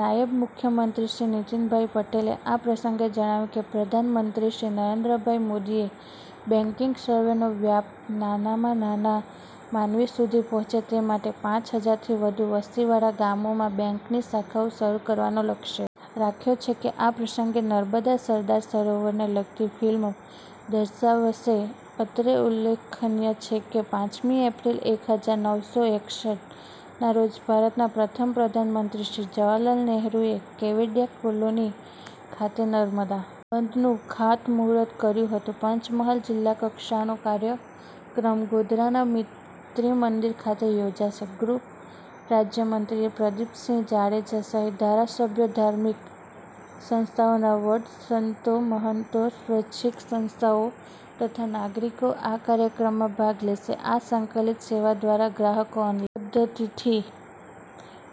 નાયબ મુખ્યમંત્રી શ્રી નીતિનભાઈ પટેલે આ પ્રસંગે જણાવ્યું કે પ્રધાનમંત્રી શ્રી નરેન્દ્રભાઈ મોદીએ બેન્કીંગ સેવાઓનો વ્યાપ નાનામાં નાના માનવી સુધી પહોચે તે માટે પાંચ હજારથી વધુ વસ્તીવાળા ગામોમાં બેન્કની શાખાઓ શરૂ કરવાનો લક્ષ્ય રાખ્યો છે આ પ્રસંગે નર્મદા સરદાર સરોવરને લગતી ફિલ્મો દર્શાવાશે અત્રે ઉલ્લેખનીય છે કે પાંચમી એપ્રિલ એક હજાર નવ સો એકસઠ ના રોજ ભારતના પ્રથમ પ્રધાનમંત્રી શ્રી જવાહરલાલ નેહરૂએ કેવડીયા કોલોની ખાતે નર્મદા બંધનું ખાતમૂહુર્ત કર્યું હતું પંચમહાલ જિલ્લાકક્ષાનો કાર્યક્રમ ગોધરાના ત્રિમંદિર ખાતે યોજાશે ગૃહરાજ્યમંત્રી પ્રદિપસિંહ જાડેજા સહિત ધારાસભ્યો ધાર્મિક સંસ્થાઓના વડાસંતોમહંતો સ્વૈચ્છીક સંસ્થાઓ તથા નાગરીકો આ કાર્યક્રમમાં ભાગ લેશે આ સંકલિત સેવા દ્વારા ગ્રાહકો ઓનલાઇન પધ્ધતીથિ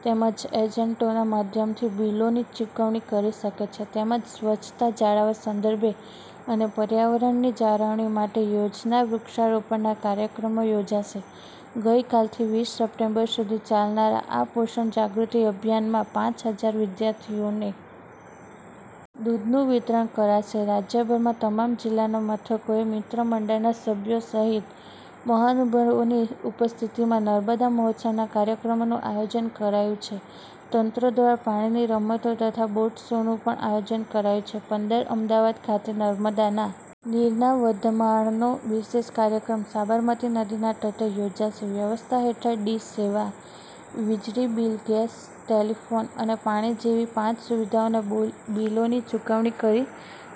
તેમજ એજન્ટોના માધ્યમથી બીલોની ચુકવણી કરી શકે છે તેમજ સ્વચ્છતા જાળવવા સંદર્ભે અને પર્યાવરણની જાળવણી માટે યોજાનાર વૃક્ષારોપણના કાર્યક્રમો યોજાશે ગઇકાલથી વીસ સપ્ટેમ્બર સુધી ચાલનારા આ પોષણ જાગૃતિ અભિયાનમાં પાંચ હજાર વિદ્યાર્થીઓને દૂધનું વિતરણ કરાશે રાજ્યભરમાં તમામ જિલ્લા મથકોએ મિત્રમંડળના સભ્યો સહિત મહાનુભાવોની ઉપસ્થિતિમાં નર્મદા મહોત્સવના કાર્યક્રમોનું આયોજન કરાયું છે તંત્ર દ્વારા પાણીની રમતો તથા બોટ શોનું પણ આયોજન કરાયું છે પંદર અમદાવાદ ખાતે નર્મદાના નીરના વધામણાનો વિશેષ કાર્યક્રમ સાબરમતી નદીના તટે યોજાશે વ્યવસ્થા હેઠળ ડી સેવા વીજળીબીલ ગેસ ટેલીફોન અને પાણી જેવી પાંચ સુવિધાઓના બીલોની ચુકવણી કરી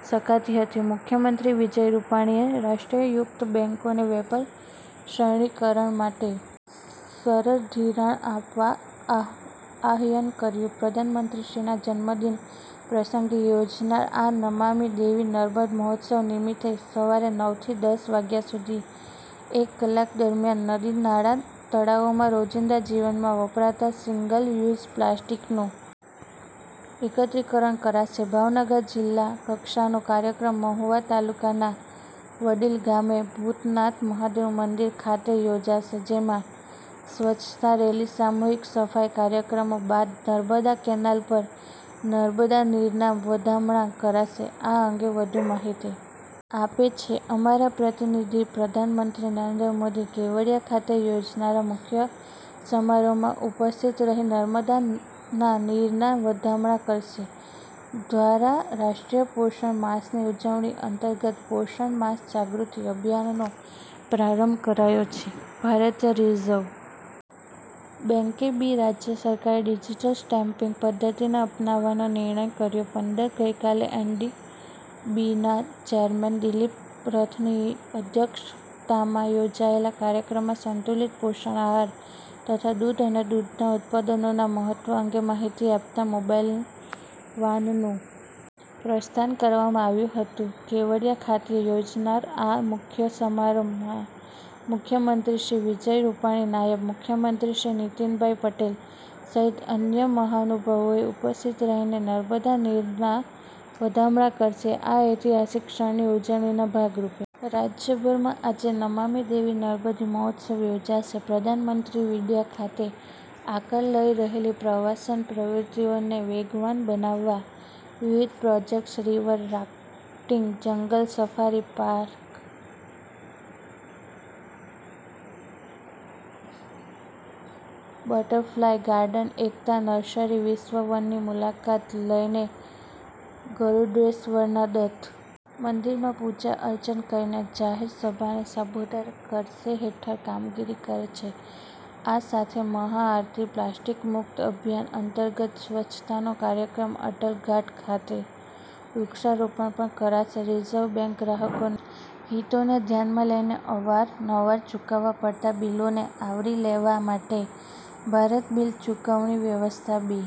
શકાતી હતી મુખ્યમંત્રી વિજય રૂપાણીએ રાષ્ટ્રીય યુક્ત બેન્કોને વેપાર સરળીકરણ માટે સરળ ધિરાણ આપવા આહ્વાન કર્યું પ્રધાનમંત્રીશ્રીના જન્મદિન પ્રસંગે યોજાનાર આ નમામિ દેવી નર્મદે મહોત્સવ નિમિત્તે સવારે નવ થી દસ વાગ્યા સુધી એક કલાક દરમ્યાન નદી નાળા તળાવોમાં રોજીંદા જીવનમાં વપરાતા સીંગલ યુઝ પ્લાસ્ટીકનું એકત્રિકરણ કરાશે ભાવનગર જિલ્લા કક્ષાનો કાર્યક્રમ મહુવા તાલુકાના વડલી ગામે ભૂતનાથ મહાદેવ મંદિર ખાતે યોજાશે જેમાં સ્વચ્છતા રેલી સામૂહિક સફાઈ કાર્યક્રમો બાદ નર્મદા કેનાલ પર નર્મદા નીરના વધામણા કરાશે આ અંગે વધુ માહિતી આપે છે અમારા પ્રતિનિધિ પ્રધાનમંત્રી નરેન્દ્ર મોદી કેવડીયા ખાતે યોજાનારા મુખ્ય સમારોહમાં ઉપસ્થિત રહી નર્મદાના નીરના વધામણા કરશે દ્વારા રાષ્ટ્રીય પોષણ માસની ઉજવણી અંતર્ગત પોષણ માસ જાગૃતિ અભિયાનનો પ્રારંભ કરાયો છે ભારતીય રિઝર્વ બેંકે બી રાજ્ય સરકારે ડિજીટલ સ્ટેમ્પીંગ પદ્ધતિને અપનાવવાનો નિર્ણય કર્યો પંદર ગઇકાલે એનડીબીના ચેરમેન દિલીપ રથની અધ્યક્ષતામાં યોજાયેલા કાર્યક્રમમાં સંતુલિત પોષણ આહાર તથા દૂધ અને દૂધના ઉત્પાદનોના મહત્વ અંગે માહિતી આપતા મોબાઇલ વાન પ્રસ્થાન કરવામાં આવ્યું હતું કેવડિયા ખાતે યોજનાર આ મુખ્ય સમારોહમાં મુખ્યમંત્રી શ્રી વિજય રૂપાણી નાયબ મુખ્યમંત્રી શ્રી નીતિનભાઈ પટેલ સહિત અન્ય મહાનુભાવો ઉપસ્થિત રહીને નર્મદા નીરના વધામણા કરશે આ ઐતિહાસિક ક્ષણની ઉજવણીના ભાગરૂપે રાજયભરમાં આજે નમામિ દેવી નમદિ મહોત્સવ યોજાશે પ્રધાનમંત્રી વડિયા ખાતે આકાર લઈ રહેલી પ્રવાસન પ્રવૃત્તિઓને વેગવાન બનાવવા વિવિધ projects river rafting jungle safari park butterfly garden Ekta nursery વિશ્વવનની મુલાકાત લઈને ગરૂડેશ્વરના દત્ત મંદિરમાં પૂજા અર્ચન કરીને જાહેર સભાને સંબોધન કરશે હેઠળ કામગીરી કરે છે આ સાથે મહાઆરતી પ્લાસ્ટીક મુક્ત અભિયાન અંતર્ગત સ્વચ્છતાનો કાર્યક્રમ અટલ ઘાટ ખાતે વૃક્ષારોપણ પણ કરાશે રિઝર્વ બેંકે ગ્રાહકોના હિતોને ધ્યાનમાં લઈને અવાર નવાર ચુકવવા પડતા બીલોને આવરી લેવા માટે ભારત બીલ ચુકવણી વ્યવસ્થા બી